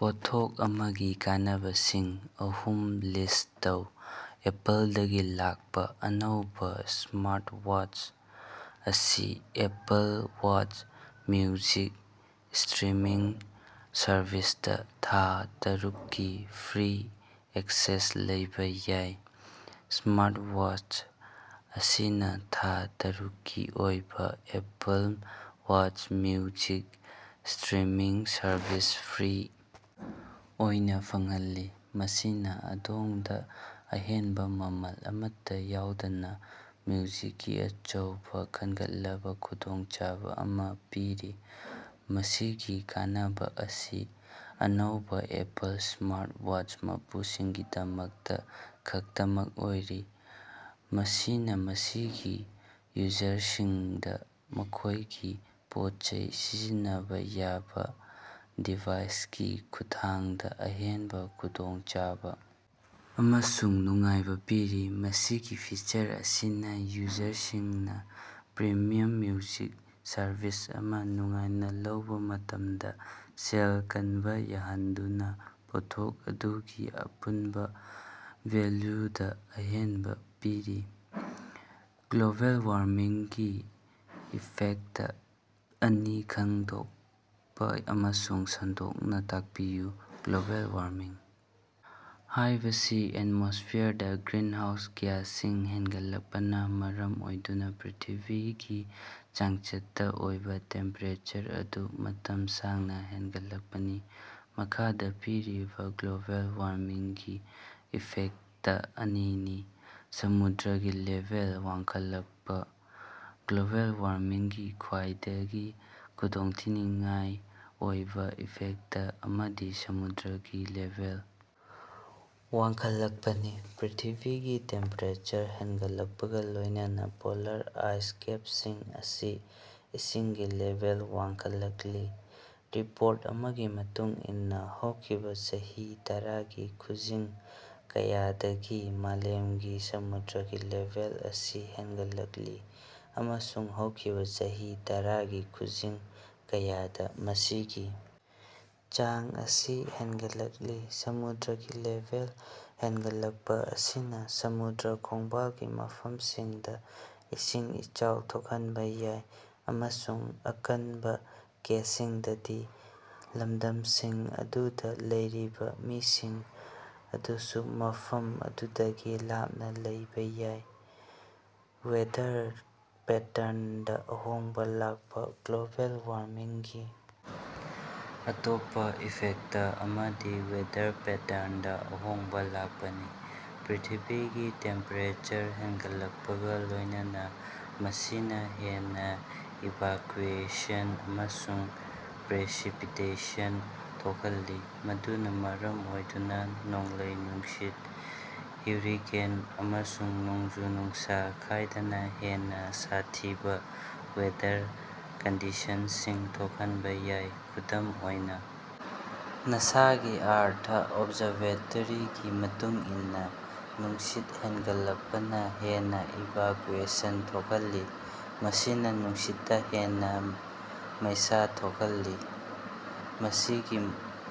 ꯄꯣꯠꯊꯣꯛ ꯑꯃꯒꯤ ꯀꯥꯟꯅꯕꯁꯤꯡ ꯑꯍꯨꯝ ꯂꯤꯁ꯭ꯠ ꯇꯧ꯫ ꯑꯦꯄꯜꯗꯒꯤ ꯂꯥꯛꯄ ꯑꯅꯧꯕ ꯁ꯭ꯃꯥꯔꯠꯋꯥꯆ ꯑꯁꯤ ꯑꯦꯄꯜ ꯋꯥꯆ ꯃꯤꯎꯖꯤꯛ ꯁ꯭ꯇ꯭ꯔꯤꯃꯤꯡ ꯁꯔꯚꯤꯁꯇ ꯊꯥ ꯇꯔꯨꯛꯀꯤ ꯐ꯭ꯔꯤ ꯑꯦꯛꯁꯦꯁ ꯂꯩꯕ ꯌꯥꯏ꯫ ꯁ꯭ꯃꯥꯔꯠꯋꯥꯆ ꯑꯁꯤꯅ ꯊꯥ ꯇꯔꯨꯛꯀꯤ ꯑꯣꯏꯅ Apple watch music streaming service free ꯑꯣꯏꯅ ꯐꯪꯍꯜꯂꯤ, ꯃꯁꯤꯅ ꯑꯗꯣꯝꯗ ꯑꯍꯦꯟꯕ ꯃꯃꯜ ꯑꯃꯠꯇ ꯌꯥꯎꯗꯅ ꯃ꯭ꯌꯨꯖꯤꯛꯀꯤ ꯑꯆꯧꯕ ꯈꯟꯒꯠꯂꯕ ꯈꯨꯗꯣꯡꯆꯥꯕ ꯑꯃ ꯄꯤꯔꯤ꯫ ꯃꯁꯤꯒꯤ ꯀꯥꯟꯅꯕ ꯑꯁꯤ ꯑꯅꯧꯕ ꯑꯦꯄꯜ ꯁ꯭ꯃꯥꯔꯠꯋꯥꯆ ꯃꯄꯨꯁꯤꯡꯒꯤꯗꯃꯛꯇ ꯈꯛꯇꯃꯛ ꯑꯣꯏꯔꯤ, ꯃꯁꯤꯅꯥꯃꯁꯤꯒꯤ ꯌꯨꯖꯔꯁꯤꯡꯗ ꯃꯈꯣꯏꯒꯤ ꯄꯣꯠꯆꯩ ꯁꯤꯖꯤꯟꯅꯕ ꯌꯥꯕꯥ ꯗꯤꯚꯥꯏꯁꯀꯤ ꯈꯨꯠꯊꯥꯡꯗ ꯑꯍꯦꯟꯕ ꯈꯨꯗꯣꯡꯆꯥꯕ ꯑꯃꯁꯨꯡ ꯅꯨꯡꯉꯥꯏꯕ ꯄꯤꯔꯤ꯫ ꯃꯁꯤꯒꯤ ꯐꯤꯆꯔ ꯑꯁꯤꯅ ꯌꯨꯖꯔꯁꯤꯡꯅ ꯄ꯭ꯔꯤꯃꯤꯌꯥꯝ ꯃ꯭ꯌꯨꯖꯤꯛ ꯁꯔꯚꯤꯁ ꯑꯃ ꯅꯨꯡꯉꯥꯏꯅ ꯂꯧꯕ ꯃꯇꯝꯗ ꯁꯦꯜ ꯀꯅꯕ ꯌꯥꯍꯟꯗꯨꯅ ꯄꯣꯠꯊꯣꯛ ꯑꯗꯨꯒꯤ ꯑꯄꯨꯟꯕ ꯚꯦꯜꯌꯨꯗ ꯑꯍꯦꯟꯕ ꯄꯤꯔꯤ꯫ ꯒ꯭ꯂꯣꯕꯦꯜ ꯋꯥꯔꯃꯤꯡꯒꯤ ꯏꯐꯦꯛꯇ ꯑꯅꯤ ꯈꯪꯗꯣꯛꯄ ꯑꯃꯁꯨꯡ ꯁꯟꯗꯣꯛꯅ ꯇꯥꯛꯄꯤꯌꯨ꯫ ꯒ꯭ꯂꯣꯕꯦꯜ ꯋꯥꯔꯃꯤꯡ ꯍꯥꯏꯕꯁꯤ ꯑꯦꯠꯃꯣꯁ꯭ꯐꯤꯌꯔꯗ ꯒ꯭ꯔꯤꯟꯍꯥꯎꯁ ꯒ꯭ꯌꯥꯁꯁꯤꯡ ꯍꯦꯟꯒꯠꯂꯛꯄꯅ ꯃꯔꯝ ꯑꯣꯏꯗꯨꯅ ꯄ꯭ꯔꯤꯊꯤꯕꯤꯒꯤ ꯆꯥꯡꯆꯠꯇ ꯑꯣꯏꯕ ꯇꯦꯝꯄꯦꯔꯦꯆꯔ ꯑꯗꯨ ꯃꯇꯝ ꯁꯥꯡꯅ ꯍꯦꯟꯒꯠꯂꯛꯄꯅꯤ꯫ ꯃꯈꯥꯗ ꯄꯤꯔꯤꯕꯁꯤ ꯒ꯭ꯂꯣꯕꯦꯜ ꯋꯥꯔꯃꯤꯡꯒꯤ ꯏꯐꯦꯛꯇ ꯑꯅꯤꯅꯤ: ꯁꯃꯨꯗ꯭ꯔꯒꯤ ꯂꯦꯚꯦꯜ ꯋꯥꯡꯈꯠꯂꯛꯄ: ꯒ꯭ꯂꯣꯕꯦꯜ ꯋꯥꯔꯃꯤꯡꯒꯤ ꯈ꯭ꯋꯥꯏꯗꯒꯤ ꯈꯨꯗꯣꯡꯊꯤꯅꯤꯉꯥꯏ ꯑꯣꯏꯕ ꯏꯐꯦꯛꯇ ꯑꯃꯗꯤ ꯁꯃꯨꯗ꯭ꯔꯒꯤ ꯂꯦꯚꯦꯜ ꯋꯥꯡꯈꯠꯂꯛꯄꯅꯤ꯫ ꯄ꯭ꯔꯤꯊꯤꯕꯤꯒꯤ ꯇꯦꯝꯄꯦꯔꯦꯆꯔ ꯍꯦꯟꯒꯠꯂꯛꯄꯒ ꯂꯣꯏꯅꯅ ꯄꯣꯂꯥꯔ ꯑꯥꯏꯁ ꯀꯦꯞꯁꯤꯡ ꯑꯁꯤ ꯏꯁꯤꯡꯒꯤ ꯂꯦꯚꯦꯜ ꯋꯥꯡꯈꯠꯂꯛꯂꯤ꯫ ꯔꯤꯄꯣꯔꯠ ꯑꯃꯒꯤ ꯃꯇꯨꯡ ꯏꯟꯅ ꯍꯧꯈꯤꯕ ꯆꯍꯤ ꯇꯔꯥꯒꯤ ꯈꯨꯖꯤꯡ ꯀꯌꯥꯗꯒꯤ ꯃꯥꯂꯦꯝꯒꯤ ꯁꯃꯨꯗ꯭ꯔꯒꯤ ꯂꯦꯚꯦꯜ ꯑꯁꯤ ꯍꯦꯟꯒꯠꯂꯛꯂꯤ, ꯑꯃꯁꯨꯡ ꯍꯧꯈꯤꯕ ꯆꯍꯤ ꯇꯔꯥꯒꯤ ꯈꯨꯖꯤꯡ ꯀꯌꯥꯗ ꯃꯁꯤꯒꯤ ꯆꯥꯡ ꯑꯁꯤ ꯍꯦꯟꯒꯠꯂꯛꯂꯤ꯫ ꯁꯃꯨꯗ꯭ꯔꯒꯤ ꯂꯦꯚꯦꯜ ꯋꯥꯡꯈꯠꯂꯛꯄ ꯑꯁꯤꯅ ꯁꯃꯨꯗ꯭ꯔ ꯈꯣꯡꯕꯥꯜꯒꯤ ꯃꯐꯝꯁꯤꯡꯗ ꯏꯁꯤꯡ ꯏꯆꯥꯎ ꯊꯣꯛꯍꯟꯕ ꯌꯥꯏ, ꯑꯃꯁꯨꯡ ꯑꯀꯟꯕꯥ ꯀꯦꯁꯁꯤꯡꯗꯗꯤ, ꯂꯝꯗꯝꯁꯤꯡ ꯑꯗꯨꯗ ꯂꯩꯔꯤꯕ ꯃꯤꯁꯤꯡ ꯑꯗꯨꯁꯨ ꯃꯐꯝ ꯑꯗꯨꯗꯒꯤ ꯂꯥꯞꯅ ꯂꯩꯕ ꯌꯥꯏ꯫ ꯋꯦꯗꯔ ꯄꯦꯇꯔꯟꯗ ꯑꯍꯣꯡꯕ ꯂꯥꯛꯄ: ꯒ꯭ꯂꯣꯕꯦꯜ ꯋꯥꯔꯃꯤꯡꯒꯤ ꯑꯇꯣꯞꯄ ꯏꯐꯦꯛꯇ ꯑꯃꯗꯤ ꯋꯦꯗꯔ ꯄꯦꯇꯔꯟꯗ ꯑꯍꯣꯡꯕ ꯂꯥꯛꯄꯅꯤ꯫ ꯄ꯭ꯔꯤꯊꯤꯕꯤꯒꯤ ꯇꯦꯝꯄꯦꯔꯦꯆꯔ ꯍꯦꯟꯒꯠꯂꯛꯄꯒ ꯂꯣꯏꯅꯅ ꯃꯁꯤꯅ ꯍꯦꯟꯅ ꯏꯚꯥꯀ꯭ꯌꯨꯑꯦꯁꯟ ꯑꯃꯁꯨꯡ ꯄ꯭ꯔꯦꯁꯤꯄꯤꯇꯦꯁꯟ ꯊꯣꯛꯍꯜꯂꯤ, ꯃꯗꯨꯅ ꯃꯔꯝ ꯑꯣꯏꯗꯨꯅ ꯅꯣꯡꯂꯩ-ꯅꯨꯡꯁꯤꯠ, ꯍꯨꯔꯤꯀꯦꯟ, ꯑꯃꯁꯨꯡ ꯅꯣꯡꯖꯨ-ꯅꯨꯡꯁ ꯈꯥꯏꯗꯅ ꯍꯦꯟꯅ ꯁꯥꯊꯤꯕ ꯋꯦꯗꯔ ꯀꯟꯗꯤꯁꯟꯁꯤꯡ ꯊꯣꯛꯍꯟꯕ ꯌꯥꯏ꯫ ꯈꯨꯗꯝ ꯑꯣꯏꯅ, ꯅꯥꯁꯥꯒꯤ ꯑꯥꯔꯊ ꯑꯣꯕꯖꯔꯕꯦꯇꯔꯤꯒꯤ ꯃꯇꯨꯡ ꯏꯟꯅ, ꯅꯨꯡꯁꯤꯠ ꯍꯦꯟꯒꯠꯂꯛꯄꯅ ꯍꯦꯟꯅ ꯏꯚꯥꯀ꯭ꯌꯨꯑꯦꯁꯟ ꯊꯣꯛꯍꯜꯂꯤ, ꯃꯁꯤꯅ ꯅꯨꯡꯁꯤꯠꯇ ꯍꯦꯟꯅ ꯃꯩꯁ ꯊꯣꯛꯍꯜꯂꯤ꯫ ꯃꯁꯤꯒꯤ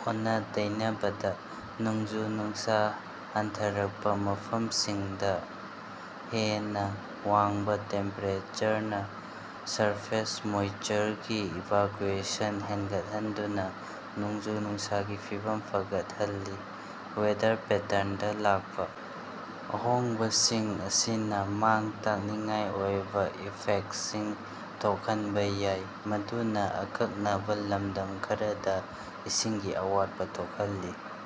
ꯑꯣꯟꯅ-ꯇꯩꯅꯕꯗ, ꯅꯣꯡꯖꯨ-ꯅꯨꯡꯁꯥ ꯍꯟꯊꯔꯛꯄ ꯃꯐꯝꯁꯤꯡꯗꯥꯡ, ꯍꯦꯟꯅ ꯋꯥꯡꯕ ꯇꯦꯝꯄꯦꯔꯦꯆꯔꯅ ꯁꯔꯐꯦꯁ ꯃꯣꯏꯁꯆꯔꯒꯤ ꯏꯚꯥꯀ꯭ꯌꯨꯑꯦꯁꯟ ꯍꯦꯟꯒꯠꯍꯟꯗꯨꯅ ꯅꯣꯡꯖꯨ-ꯅꯨꯡꯁꯥꯒꯤ ꯐꯤꯚꯝ ꯐꯒꯠꯍꯜꯂꯤ꯫ ꯋꯦꯗꯔ ꯄꯦꯇꯔꯟꯗ ꯂꯥꯛꯄ ꯑꯍꯣꯡꯕꯁꯤꯡ ꯑꯁꯤꯅ ꯃꯥꯡ-ꯇꯥꯛꯅꯤꯡꯉꯥꯏ ꯑꯣꯏꯕ ꯏꯐꯦꯛꯇꯁꯤꯡ ꯊꯣꯛꯍꯟꯕ ꯌꯥꯏ, ꯃꯗꯨꯅ ꯑꯀꯛꯅꯕ ꯂꯝꯗꯝ ꯈꯔꯗ ꯏꯁꯤꯡꯒꯤ ꯑꯋꯥꯠꯄꯥ ꯊꯣꯛꯍꯜꯂꯤ꯫